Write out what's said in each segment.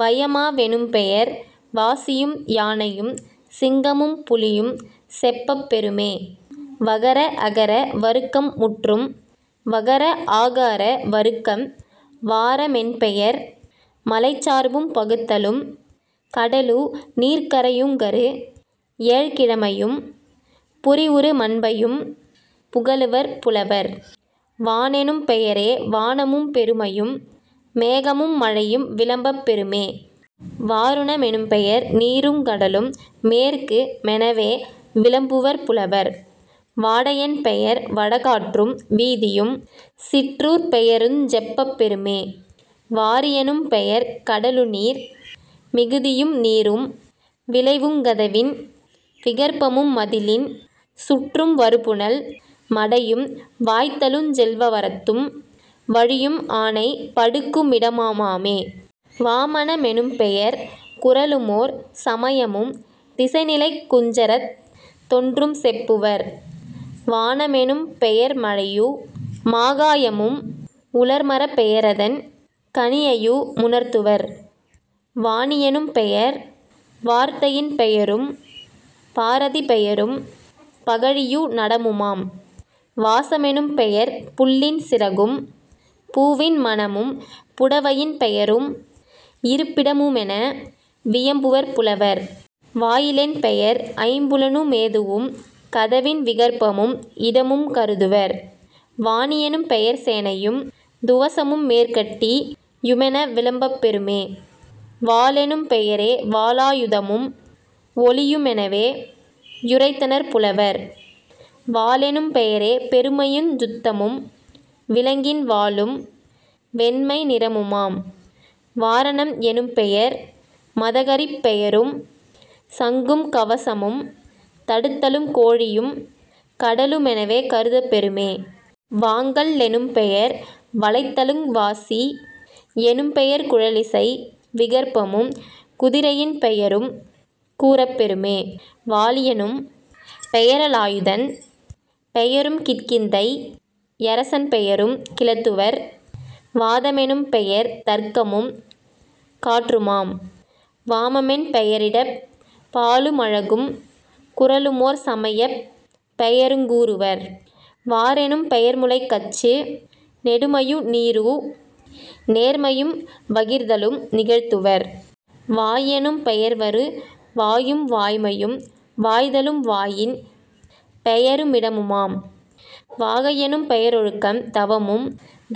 வயமா வெனும்பெயர் வாசியும் யானையும் சிங்கமும் புலியும் செப்பப் பெறுமே..... வகர அகர வருக்கம் முற்றும். வகர ஆகார வருக்கம் வார மென்பெயர் மலைச்சார்பும் பகுத்தலும் கடலு நீர்க்கரை யுங்கரு ஏழ்கிழமையும் புரிவுறு மன்பையும் புகலுவர் புலவர்..... வானெனும் பெயரே வானமும் பெருமையும் மேகமும் மழையும் விளம்பப் பெறுமே..... வாருண மெனும்பெயர் நீருங் கடலும் மேற்கு மெனவே விளம்புவர் புலவர்..... வாடை யென்பெயர் வடகாற்றும் வீதியும் சிற்றூர்ப் பெயரையுஞ் செப்பப் பெறுமே..... வாரி யெனும்பெயர் கடலு நீர் மிகுதியும் நீரும் விளைவுங் கதவின் விகற்பமும் மதிலின் சுற்றும் வருபுனல் மடையும் வாய்தலுஞ் செல்வ வரத்தும் வழியும் ஆனை படுக்கும் மிடமு மாமே..... வாமன மெனும்பெயர் குறளுமோர் சமயமும் திசைநிலைக் குஞ்சரத் தொன்றும் செப்புவர்..... வான மெனும்பெயர் மழையு மாகாயமும் உலர்மரப் பெயரதன் கனியையு முணர்த்துவர்..... வாணி யெனும்பெயர் வார்த்தையின் பெயரும் பாரதி பெயரும் பகழியு நடமுமாம்..... வாச மெனும்பெயர் புள்ளின் சிறகும் பூவின் மணமும் புடைவையின் பெயரும் இருப்பிட முமென வியம்புவர் புலவர்..... வாயி லென்பெயர் ஐம்புலனு மேதுவும் கதவின் விகற்பமும் இடமும் கருதுவர்..... வானி யெனும்பெயர் சேனையும் துவசமும் மேற்கட்டி யுமென விளம்பப் பெறுமே..... வாளெனும் பெயரே வாளா யுதமும் ஒளியு மெனவே யுரைத்தனர் புலவர்..... வாலெனும் பெயரே பெருமையுஞ் சுத்தமும் விலங்கின் வாலும் வெண்மை நிறமுமாம்..... வாரணம் எனும்பெயர் மதகரிப் பெயரும் சங்கும் கவசமும் தடுத்தலும் கோழியும் கடலு மெனவே கருதப் பெறுமே..... வாங்கல் லெனும்பெயர் வளைத்தலுங் வாசி யெனும்பெயர் குழலிசை விகற்பமும் குதிரையின் பெயரும் கூறப் பெறுமே..... வாலி யெனும்பெய ரலாயுதன் பெயரும் கிட்கிந்தை யரசன் பெயரும் கிளத்துவர்..... வாத மெனும்பெயர் தர்க்கமும் காற்றுமாம்..... வாம மென்பெய ரிடப்பாலு மழகும் குறளு மோர்சமையப் பெயருங் கூறுவர்..... வாரெனும் பெயர்முலைக் கச்சு நெடுமையு நீரு நேர்மையும் வகிர்தலும் நிகழ்த்துவர்..... வாயெனும் பெயர்வரு வாயும் வாய்மையும் வாய்தலும் வாயின் பெயரு மிடமுமாம்..... வாகை யெனும்பெய ரொழுக்கமும் தவமும்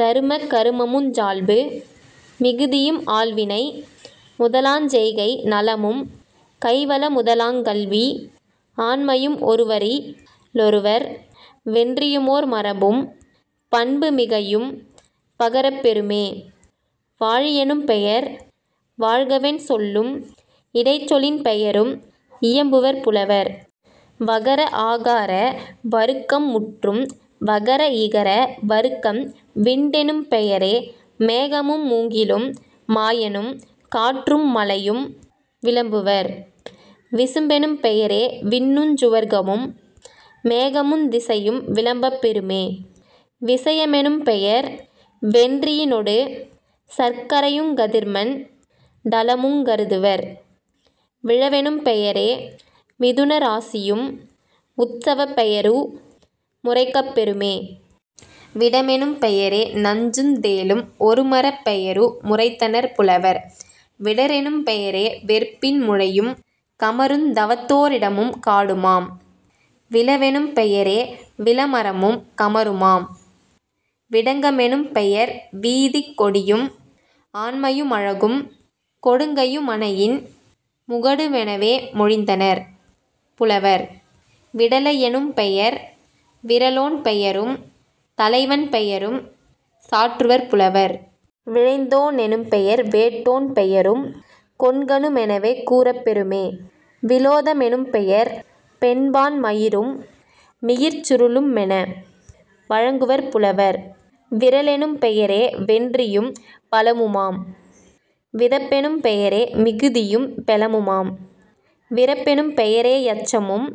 தருமக் கருமமுஞ் சால்பு மிகுதியும் ஆள்வினை முதலாஞ் செய்கை நலமும் கைவல முதலாங் கல்வி ஆண்மையும் ஒருவரி லொருவர் வென்றியுமோர் மரமும் பண்பு மிகையும் பகரப் பெறுமே..... வாழி யெனும்பெயர் வாழ்கவென் சொல்லும் இடைச்சொலின் பெயரும் இயம்புவர் புலவர்..... வகர ஆகார வருக்கம் முற்றும். வகர இகர வருக்கம் விண்டெனும் பெயரே மேகமும் மூங்கிலும் மாயனும் காற்றும் மலையும் விளம்புவர்..... விசும்பெனும் பெயரே விண்ணுஞ் சுவர்க்கமும் மேகமுந் திசையும் விளம்பப் பெறுமே..... விசைய மெனும்பெயர் வென்றியி னொடுசர்க் கரையுங் கதிர்மண் டலமுங் கருதுவர்..... விழவெனும் பெயரே மிதுன ராசியும் உத்சவப் பெயரு முரைக்கப் பெறுமே..... விடமெனும் பெயரே நஞ்சுந் தேளும் ஒருமரப் பெயரு முரைத்தனர் புலவர்..... விடரெனும் பெயரே வெற்பின் முழையும் கமருந் தவத்தோ ரிடமும் காடுமாம்..... விளவெனும் பெயரே விளமரமும் கமருமாம்..... விடங்க மெனும்பெயர் வீதிக் கொடியும் ஆண்மையு மழகும் கொடுங்கையு மனையின் முகடு மெனவே மொழிந்தனர் புலவர்..... விடலை யெனும்பெயர் விறலோன் பெயரும் தலைவன் பெயரும் சாற்றுவர் புலவர்..... விழைந்தோ னெனும்பெயர் வேட்டோ ன் பெயரும் கொண்கனு மெனவே கூறப் பெறுமே..... விலோத மெனும்பெயர் பெண்பான் மயிரும் மியிர்ச்சுரு ளும்மென வழங்குவர் புலவர்..... விறலெனும் பெயரே வென்றியும் பலமுமாம்..... விதப்பெனும் பெயரே மிகுதியும் பெலமுமாம்..... விறப்பெனும் பெயரே யச்சமும்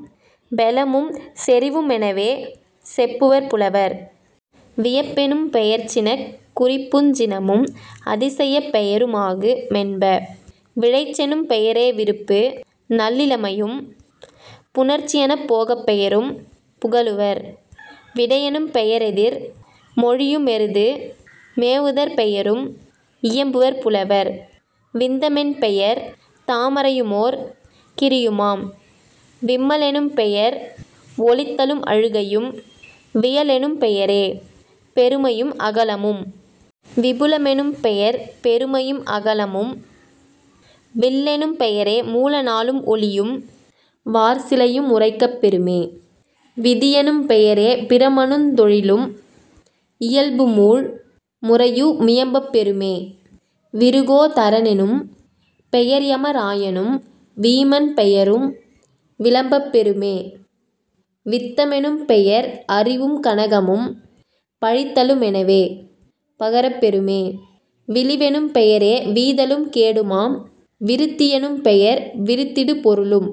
பெலமும் செறிவு மெனவே செப்புவர் புலவர்..... வியப்பெனும் பெயர்சினக் குறிப்புஞ் சினமும் அதிசயப் பெயரு மாகு மென்ப..... விழைச்செனும் பெயரே விருப்பு நல்லிளமையும் புணர்ச்சி யனுபோகப் பெயரும் புகலுவர்..... விடையெனும் பெயரெதிர் மொழியு மெருது மேவுதற் பெயரும் இயம்புவர் புலவர்..... விந்த மென்பெயர் தாமரையு மோர்கிரியுமாம்..... விம்ம லெனும்பெயர் ஒலித்தலும் அழுகையும்..... வியலெனும் பெயரே பெருமையும் அகலமும்..... விபுல மெனும்பெயர் பெருமையும் அகலமும்..... வில்லெனும் பெயரே மூல நாளும் ஒளியும் வார்சிலையு முரைக்கப் பெறுமே..... விதியெனும் பெயரே பிரமனுந் தொழிலும் இயல்புமூழ் முறையு மியம்பப் பெறுமே..... விருகோ தரனெனும் பெயர்யம ராயனும் வீமன் பெயரும் விளம்பப் பெறுமே..... வித்த மெனும்பெயர் அறிவும் கனகமும் பழித்தலு மெனவே பகரப் பெறுமே..... விளிவெனும் பெயரே வீதலும் கேடுமாம்..... விருத்தி யெனும்பெயர் விரித்திடு பொருளும்।